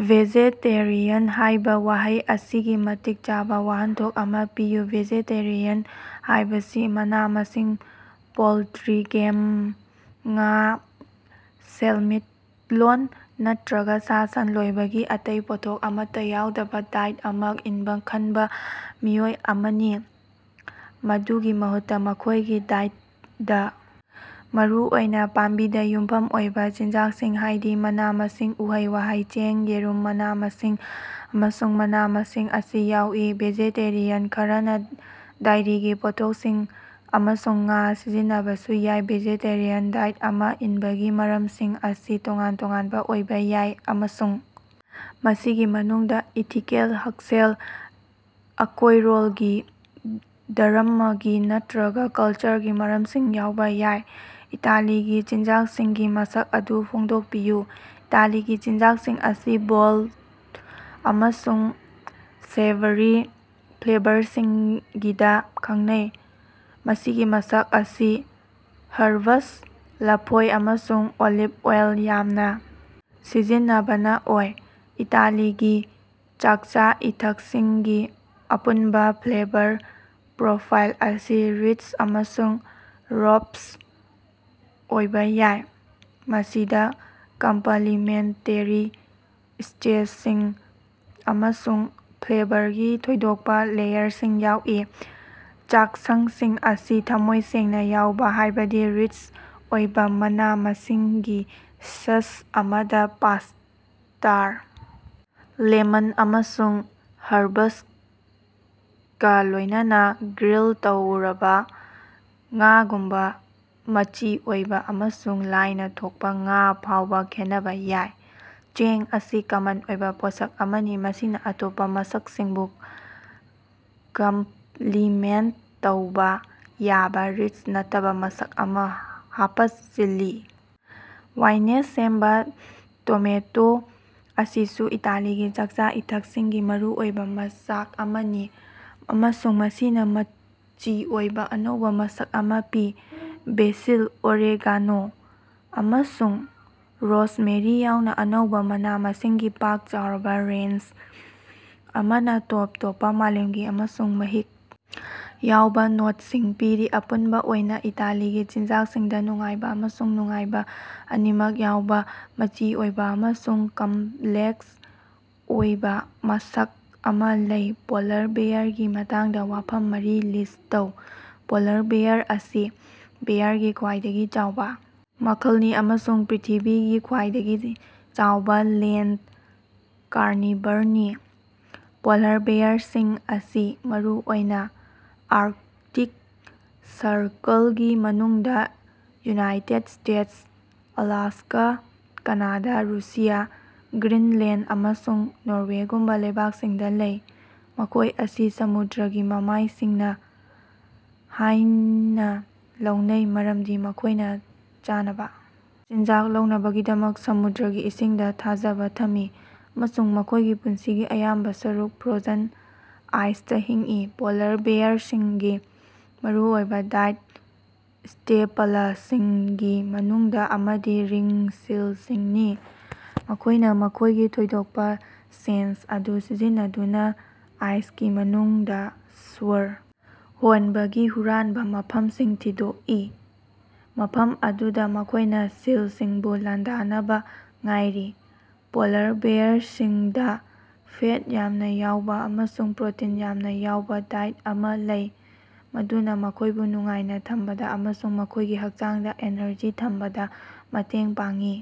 Vegetarian ꯍꯥꯏꯕ ꯋꯥꯍꯩ ꯑꯁꯤꯒꯤ ꯃꯇꯤꯛ ꯆꯥꯕ ꯋꯥꯍꯟꯊꯣꯛ ꯑꯃ ꯄꯤꯌꯨ꯫ ꯚꯦꯖꯦꯇꯦꯔꯤꯌꯥꯟ ꯍꯥꯏꯕꯁꯤ ꯃꯅꯥ-ꯃꯁꯤꯡ, ꯄꯣꯜꯇ꯭ꯔꯤ, ꯒꯦꯝ, ꯉꯥ, ꯁꯦꯜꯃꯤꯠꯂꯣꯟ ꯅꯠꯇ꯭ꯔꯒ ꯁꯥ-ꯁꯟ ꯂꯣꯏꯕꯒꯤ ꯑꯇꯩ ꯄꯣꯠꯊꯣꯛ ꯑꯃꯠꯇ ꯌꯥꯎꯗꯕ ꯗꯥꯏꯠ ꯑꯃ ꯏꯟꯕ ꯈꯟꯕ ꯃꯤꯑꯣꯏ ꯑꯃꯅꯤ꯫ ꯃꯗꯨꯒꯤ ꯃꯍꯨꯠꯇ, ꯃꯈꯣꯏꯒꯤ ꯗꯥꯏꯇꯗ ꯃꯔꯨꯑꯣꯏꯅ ꯄꯥꯝꯕꯤꯗ ꯌꯨꯝꯐꯝ ꯑꯣꯏꯕ ꯆꯤꯟꯖꯥꯛꯁꯤꯡ ꯍꯥꯏꯗꯤ ꯃꯅꯥ-ꯃꯁꯤꯡ, ꯎꯍꯩ-ꯋꯥꯍꯩ, ꯆꯦꯡ, ꯌꯦꯔꯨꯝ, ꯃꯅꯥ-ꯃꯁꯤꯡ, ꯑꯃꯁꯨꯡ ꯃꯅꯥ-ꯃꯁꯤꯡ ꯑꯁꯤ ꯌꯥꯎꯏ꯫ ꯚꯦꯖꯦꯇꯦꯔꯤꯌꯥꯟ ꯈꯔꯅ ꯗꯥꯏꯔꯤꯒꯤ ꯄꯣꯠꯊꯣꯛꯁꯤꯡ ꯑꯃꯁꯨꯡ ꯉꯥ ꯁꯤꯖꯤꯟꯅꯕꯁꯨ ꯌꯥꯏ꯫ ꯚꯦꯖꯦꯇꯦꯔꯤꯌꯥꯟ ꯗꯥꯏꯠ ꯑꯃ ꯏꯟꯕꯒꯤ ꯃꯔꯝꯁꯤꯡ ꯑꯁꯤ ꯇꯣꯉꯥꯟ-ꯇꯣꯉꯥꯟꯕ ꯑꯣꯏꯕ ꯌꯥꯏ꯫ ꯑꯃꯁꯨꯡ ꯃꯁꯤꯒꯤ ꯃꯅꯨꯡꯗ ꯏꯊꯤꯀꯦꯜ, ꯍꯛꯁꯦꯜ, ꯑꯀꯣꯏꯔꯣꯜꯒꯤ, ꯙꯔꯝꯃꯒꯤ ꯅꯠꯇ꯭ꯔꯒ ꯀꯜꯆꯔꯒꯤ ꯃꯔꯝꯁꯤꯡ ꯌꯥꯎꯕ ꯌꯥꯏ꯫ ꯏꯇꯥꯂꯤꯒꯤ ꯆꯤꯟꯖꯥꯛꯁꯤꯡꯒꯤ ꯃꯁꯛ ꯑꯗꯨ ꯐꯣꯡꯗꯣꯛꯄꯤꯌꯨ꯫ ꯏꯇꯥꯂꯤꯒꯤ ꯆꯤꯟꯖꯥꯛꯁꯤꯡ ꯑꯁꯤ ꯕꯣꯜꯗ ꯑꯃꯁꯨꯡ ꯁꯦꯚꯔꯤ ꯐ꯭ꯂꯦꯕꯔꯁꯤꯡꯒꯤꯗ ꯈꯪꯅꯩ, ꯃꯁꯤꯒꯤ ꯃꯁꯛ ꯑꯁꯤ ꯍꯔꯕꯁ, ꯂꯐꯣꯏ ꯑꯃꯁꯨꯡ ꯑꯣꯂꯤꯚ ꯑꯣꯏꯜ ꯌꯥꯝꯅ ꯁꯤꯖꯤꯟꯅꯕꯅ ꯑꯣꯏ꯫ ꯏꯇꯥꯂꯤꯒꯤ ꯆꯥꯛꯆꯥ-ꯏꯊꯛꯁꯤꯡꯒꯤ ꯑꯄꯨꯟꯕ ꯐ꯭ꯂꯦꯕꯔ ꯄ꯭ꯔꯣꯐꯥꯏꯜ ꯑꯁꯤ ꯔꯤꯆ ꯑꯃꯁꯨꯡ ꯔꯣꯕꯁ꯭ꯠ ꯑꯣꯏꯕꯥ ꯌꯥꯏ꯫ ꯃꯁꯤꯗ ꯀꯝꯄꯂꯤꯃꯦꯟꯇꯦꯔꯤ ꯇꯦꯁ꯭ꯇꯁꯤꯡ ꯑꯃꯁꯨꯡ ꯐ꯭ꯂꯦꯕꯔꯒꯤ ꯊꯣꯏꯗꯣꯛꯄ ꯂꯦꯌꯔꯁꯤꯡ ꯌꯥꯎꯏ꯫ ꯆꯥꯛꯁꯪꯁꯤꯡ ꯑꯁꯤ ꯊꯃꯣꯏ ꯁꯦꯡꯅ ꯌꯥꯎꯕ, ꯍꯥꯏꯕꯗꯤ ꯔꯤꯆ ꯑꯣꯏꯕ ꯃꯅꯥ-ꯃꯁꯤꯡꯒꯤ ꯁꯁ ꯑꯃꯗ ꯄꯥꯁ꯭ꯇꯥꯔ, ꯂꯦꯃꯟ ꯑꯃꯁꯨꯡ ꯍꯔꯕꯁꯀꯥ ꯂꯣꯏꯅꯅ ꯒ꯭ꯔꯤꯜ ꯇꯧꯔꯕ ꯉꯥꯒꯨꯝꯕ ꯃꯆꯤ ꯑꯣꯏꯕ ꯑꯃꯁꯨꯡ ꯂꯥꯏꯅ ꯊꯣꯛꯄ ꯉꯥ ꯐꯥꯎꯕ ꯈꯦꯠꯅꯕ ꯌꯥꯏ꯫ ꯆꯦꯡ ꯑꯁꯤ ꯀꯃꯟ ꯑꯣꯏꯕ ꯄꯣꯠꯁꯛ ꯑꯃꯅꯤ꯫ ꯃꯁꯤꯅ ꯑꯇꯣꯞꯄ ꯃꯁꯛꯁꯤꯡꯕꯨ ꯀꯝꯞꯂꯤꯃꯦꯟꯇ ꯇꯧꯕ ꯌꯥꯕ ꯔꯤꯆ, ꯅꯠꯇꯕ ꯃꯁꯛ ꯑꯃ ꯍꯥꯄꯆꯤꯜꯂꯤ꯫ ꯋꯥꯏꯅꯦꯁꯇ ꯁꯦꯝꯕ ꯇꯣꯃꯦꯇꯣ ꯑꯁꯤꯁꯨ ꯏꯇꯥꯂꯤꯒꯤ ꯆꯥꯛꯆꯥ-ꯏꯊꯛꯁꯤꯡꯒꯤ ꯃꯔꯨꯑꯣꯏꯕ ꯃꯆꯥꯛ ꯑꯃꯅꯤ꯫ ꯑꯃꯁꯨꯡ ꯃꯁꯤꯅ ꯃꯆꯤ ꯑꯣꯏꯕ ꯑꯅꯧꯕ ꯃꯁꯛ ꯑꯃ ꯄꯤ꯫ ꯕꯦꯁꯤꯜ, ꯑꯣꯔꯦꯒꯥꯅꯣ, ꯑꯃꯁꯨꯡ ꯔꯣꯁꯃꯦꯔꯤ ꯌꯥꯎꯅ ꯑꯅꯧꯕ ꯃꯅꯥ-ꯃꯁꯤꯡꯒꯤ ꯄꯥꯛ ꯆꯥꯎꯔꯕ ꯔꯦꯟꯖ ꯑꯃꯅ ꯇꯣꯞ ꯇꯣꯞꯄ ꯃꯥꯂꯦꯝꯒꯤ ꯑꯃꯁꯨꯡ ꯃꯍꯤꯛ ꯌꯥꯎꯕ ꯅꯣꯠꯁꯤꯡ ꯄꯤꯔꯤ꯫ ꯑꯄꯨꯟꯕ ꯑꯣꯏꯅ ꯏꯇꯥꯂꯤꯒꯤ ꯆꯤꯟꯖꯥꯛꯁꯤꯡꯗ ꯅꯨꯡꯉꯥꯏꯕ ꯑꯃꯁꯨꯡ ꯅꯨꯡꯉꯥꯏꯕ ꯑꯅꯤꯃꯛ ꯌꯥꯎꯕ ꯃꯆꯤ ꯑꯣꯏꯕ ꯑꯃꯁꯨꯡ ꯀꯝꯞꯂꯦꯛꯁ ꯑꯣꯏꯕ ꯃꯁꯛ ꯑꯃ ꯂꯩ꯫ ꯄꯣꯂꯔ ꯕꯦꯌꯥꯔꯒꯤ ꯃꯇꯥꯡꯗ ꯋꯥꯐꯝ ꯃꯔꯤ ꯂꯤꯁ꯭ꯠ ꯇꯧ꯫ ꯄꯣꯂꯥꯔ ꯕꯦꯌꯥꯔ ꯑꯁꯤ ꯕꯦꯌꯥꯔꯒꯤ ꯈ꯭ꯋꯥꯏꯗꯒꯤ ꯆꯥꯎꯕ ꯃꯈꯜꯅꯤ ꯑꯃꯁꯨꯡ ꯄ꯭ꯔ꯭ꯤꯊꯤꯕꯤꯒꯤ ꯈ꯭ꯋꯥꯏꯗꯒꯤ ꯆꯥꯎꯕ ꯂꯦꯟꯗ ꯀꯥꯔꯅꯤꯚꯔꯅꯤ꯫ ꯄꯣꯂꯥꯔ ꯕꯦꯌꯥꯔꯁꯤꯡ ꯑꯁꯤ ꯃꯔꯨꯑꯣꯏꯅ ꯑꯥꯔꯛꯇꯤꯛ ꯁꯔꯀꯜꯒꯤ ꯃꯅꯨꯡꯗ United States (Alaska), Canada, Russia, Greenland, ꯑꯃꯁꯨꯡ ꯅꯣꯔꯋꯦꯒꯨꯝꯕ ꯂꯩꯕꯥꯛꯁꯤꯡꯗ ꯂꯩ꯫ ꯃꯈꯣꯏ ꯑꯁꯤ ꯁꯃꯨꯗ꯭ꯔꯒꯤ ꯃꯃꯥꯏꯁꯤꯡꯅꯤ ꯍꯥꯏꯅ ꯂꯧꯅꯩ ꯃꯔꯝꯗꯤ ꯃꯈꯣꯏꯅ ꯆꯥꯅꯕ ꯆꯤꯟꯖꯥꯛ ꯂꯧꯅꯕꯒꯤꯗꯃꯛ ꯁꯃꯨꯗ꯭ꯔꯒꯤ ꯏꯁꯤꯡꯗ ꯊꯥꯖꯕ ꯊꯝꯃꯤ ꯫ ꯑꯃꯁꯨꯡ ꯃꯈꯣꯏꯒꯤ ꯄꯨꯟꯁꯤꯒꯤ ꯑꯌꯥꯝꯕ ꯁꯔꯨꯛ ꯐ꯭ꯔꯣꯖꯟ ꯑꯥꯏꯁꯇꯥ ꯍꯤꯡꯏ꯫ ꯄꯣꯂꯥꯔ ꯕꯦꯌꯥꯔꯁꯤꯡꯒꯤ ꯃꯔꯨꯑꯣꯏꯕ ꯗꯥꯏꯠ ꯁ꯭ꯇꯦꯄꯂꯁꯤꯡꯒꯤ ꯃꯅꯨꯡꯗ ꯑꯃꯗꯤ ꯔꯤꯡ ꯁꯤꯜꯁꯤꯡꯅꯤ꯫ ꯃꯈꯣꯏꯅ ꯃꯈꯣꯏꯒꯤ ꯊꯣꯏꯗꯣꯛꯄ ꯁꯦꯟꯁ ꯑꯗꯨ ꯁꯤꯖꯤꯟꯅꯗꯨꯅ ꯑꯥꯏꯁꯀꯤ ꯃꯅꯨꯡꯗ ꯁ꯭ꯋꯔ ꯍꯣꯟꯕꯒꯤ ꯍꯨꯔꯥꯟꯕ ꯃꯐꯝꯁꯤꯡ ꯊꯤꯗꯣꯛꯏ꯫ ꯃꯐꯝ ꯑꯗꯨꯗ ꯃꯈꯣꯏꯅ ꯁꯤꯜꯁꯤꯡꯕꯨ ꯂꯥꯟꯗꯥꯅꯕ ꯉꯥꯏꯔꯤ꯫ ꯄꯣꯂꯥꯔ ꯕꯦꯌꯥꯔꯁꯤꯡꯗ ꯐꯦꯠ ꯌꯥꯝꯅ ꯌꯥꯎꯕ ꯑꯃꯁꯨꯡ ꯄ꯭ꯔꯣꯇꯤꯟ ꯌꯥꯝꯅ ꯌꯥꯎꯕ ꯗꯥꯏꯠ ꯑꯃ ꯂꯩ꯫ ꯃꯗꯨꯅ ꯃꯈꯣꯏꯕꯨ ꯅꯨꯡꯉꯥꯏꯅ ꯊꯝꯕꯗ ꯑꯃꯁꯨꯡ ꯃꯈꯣꯏꯒꯤ ꯍꯛꯆꯥꯡꯗ ꯑꯦꯅꯔꯖꯤ ꯊꯝꯕꯗ ꯃꯇꯦꯡ ꯄꯥꯡꯏ꯫